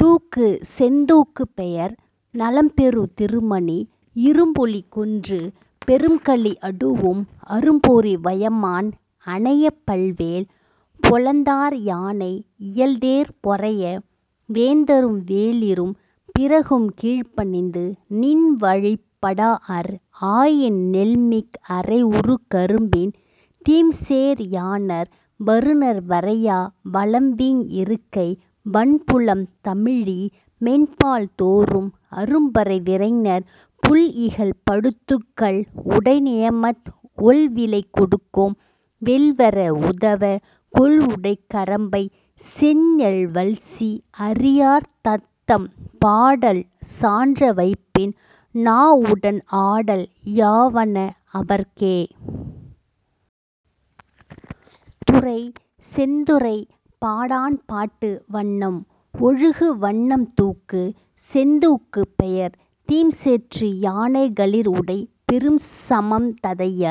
தூக்கு: செந்தூக்கு பெயர்: நலம்பெறு திருமணி இரும்புலி கொன்று பெரும்களி அடூஉம் அரும்பொறி வயமான் அனையை பல்வேல் பொலந்தார் யானை இயல்தேர்ப் பொறைய வேந்தரும் வேளிரும் பிறரும் கீழ்ப்பணிந்து நின்வழிப் படாஅர் ஆயின் நெல்மிக் அறைஉறு கரும்பின் தீம்சேற் யாணர் வருநர் வரையா வளம்வீங் இருக்கை வன்புலம் தழீஇ மென்பால் தோறும் அரும்பறை வினைஞர் புல்இகல் படுத்துக் கள்உடை நியமத் ஒள்விலை கொடுக்கும் வெள்வர உழுத கொள்உடைக் கரம்பைச் செந்நெல் வல்சி அறியார் தத்தம் பாடல் சான்ற வைப்பின் நாஉடன் ஆடல் யாவண அவர்க்கே. துறை: செந்துறைப் பாடாண்பாட்டு வண்ணம்: ஒழுகு வண்ணம் தூக்கு: செந்தூக்கு பெயர்: தீம்சேற்று யாணர் களிஉடைப் பெரும்சமம் ததைய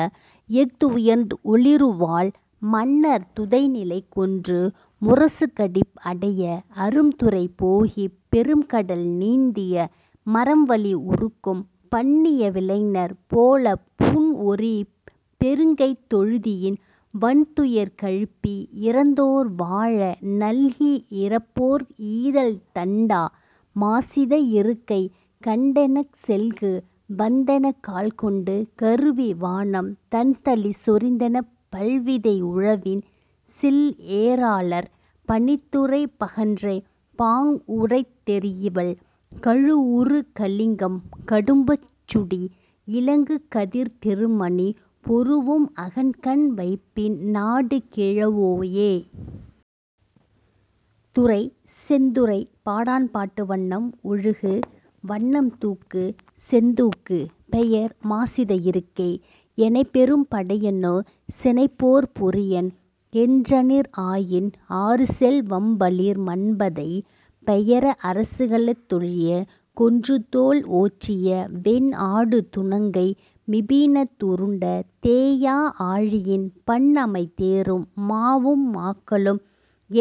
எஃஉயர்த் ஒளிறுவாள் மன்னர் துதைநிலை கொன்று முரசுகடிப் அடைய அரும்துறை போகிப் பெரும்கடல் நீந்திய மரம்வலி உறுக்கும் பண்ணிய விலைஞர் போலப் புண்ஒரீஇப் பெரும்கைத் தொழுதியின் வன்துயர் கழிப்பி இரந்தோர் வாழ நல்கி இரப்போர்க் ஈதல் தண்டா மாசித இருக்கை கண்டனென் செல்கு வந்தனென் கால்கொண்டு கருவி வானம் தண்தளி சொரிந்தெனப் பல்விதை உழவின் சில்ஏ ராளர் பனித்துறைப் பகன்றைப் பாங்உடைத் தெரியல் கழுஉறு கலிங்கம் கடுப்பச் சூடி இலங்குகதிர்த் திருமணி பெறூஉம் அகன்கண் வைப்பின் நாடுகிழ வோயே. துறை: செந்துறைப் பாடாண்பாட்டு வண்ணம்: ஒழுகு வண்ணம் தூக்கு: செந்தூக்கு பெயர்: மாசித இருக்கை எனைப்பெரும் படையனோ சினப்போர்ப் பொறையன் எனறனிர் ஆயின் ஆறுசெல் வம்பலீர் மன்பதை பெயர அரசுகளத் ஒழியக் கொன்றுதோள் ஓச்சிய வென்ஆடு துணங்கை மீபிணத் உருண்ட தேயா ஆழியின் பண்அமை தேரும் மாவும் மாக்களும்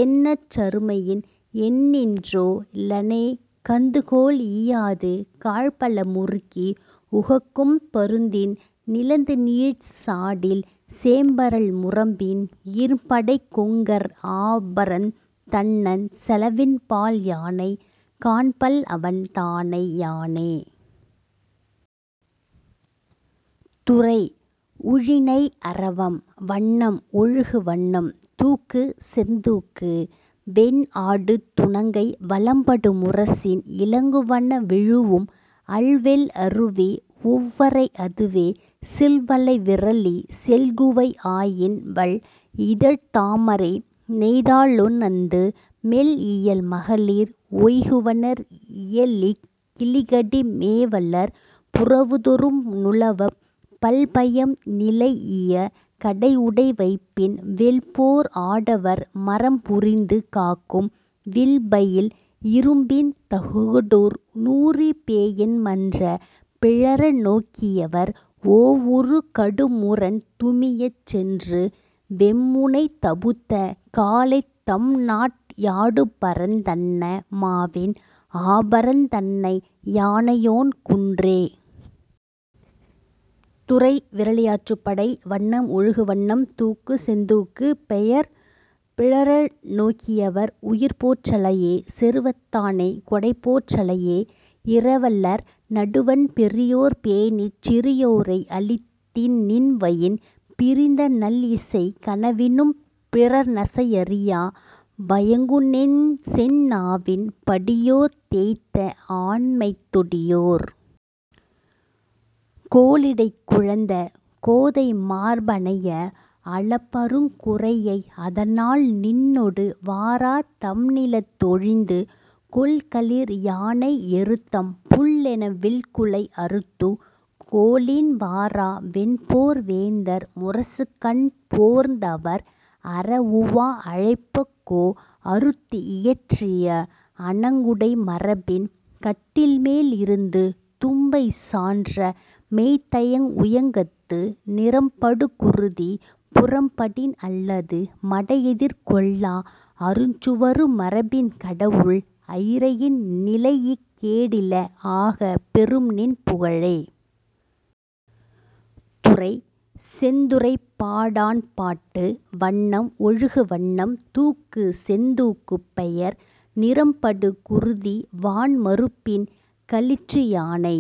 எண்ணற் அருமையின் எண்ணின்றோ இலனே கந்துகோள் ஈயாது காழ்பல முருக்கி உகக்கும் பருந்தின் நிலத்துநிழல் சாடிச் சேண்பரல் முரம்பின் ஈர்ம்படைக் கொங்கர் ஆபரந் தன்ன செலவின்பல் யானை காண்பல்அவன் தானை யானே. துறை: உழிஞை அரவம் வண்ணம்: ஒழுகு வண்ணம் தூக்கு: செந்தூக்கு பெயர்: வென்ஆடு துணங்கை வலம்படு முரசின் இலங்குவன விழூஉம் அவ்வெள் அருவி உவ்வரை அதுவே சில்வளை விறலி செல்குவை ஆயின் வள்இதழ்த் தாமரை நெய்தலொ அந்து மெல்இயல் மகளிர் ஒய்குவனர் இயலிக் கிளிகடி மேவலர் புறவுதொறும் நுவலப் பல்பயம் நிலைஇய கடஉடை வைப்பின் வெல்போர் ஆடவர் மறம்புரிந்து காக்கும் வில்பயில் இறும்பின் தகடூர் நூறி பேஎ மன்ற பிறழநோக் கியவர் ஓஉறு கடுமுரண் துமியச் சென்று வெம்முனை தபுத்த காலைத் தம்நாட் யாடுபரந் தன்ன மாவின் ஆபரந் தன்ன யானையோன் குன்றே. துறை: விறலியாற்றுப்படை வண்ணம்: ஒழுகு வண்ணம் தூக்கு: செந்தூக்கு பெயர்: பிறழநோக்கியவர் உயிர்போற் றலையே செருவத் தானே கொடைபோற் றலையே இரவலர் நடுவண் பெரியோர்ப் பேணிச் சிறியோரை அளித்தி நின்வயின் பிரிந்த நல்இசை கனவினும் பிறர்நசை அறியா வயங்குசெந் நாவின் படியோர்த் தேய்த்த ஆண்மைத் தொடியோர் தோளிடைக் குழைந்த கோதை மார்ப அனைய அளப்அருங் குரையை அதனால் நின்னொடு வாரார் தம்நிலத் ஒழிந்து கொல்களிற் யானை எருத்தம் புல்லென வில்குலை அறுத்துக் கோலின் வாரா வெல்போர் வேந்தர் முரசுகண் போழ்ந்அவர் அரஉவா அழைப்பக் கோஅறுத் இயற்றிய அணங்உடை மரபின் கட்டில்மேல் இருந்து தும்பை சான்ற மெய்தயங் உயக்கத்து நிறம்படு குருதி புறம்படின் அல்லது மடைஎதிர் கொள்ளா அஞ்சுவரு மரபின் கடவுள் அயிரையின் நிலைஇக் கேடில ஆக பெரும்நின் புகழே. துறை: செந்துறைப்பாடாண்பாட்டு வண்ணம்: ஒழுகு வண்ணம் தூக்கு: செந்தூக்கு பெயர்: நிறம்படு குருதி வான்மருப்பின் களிற்றுயானை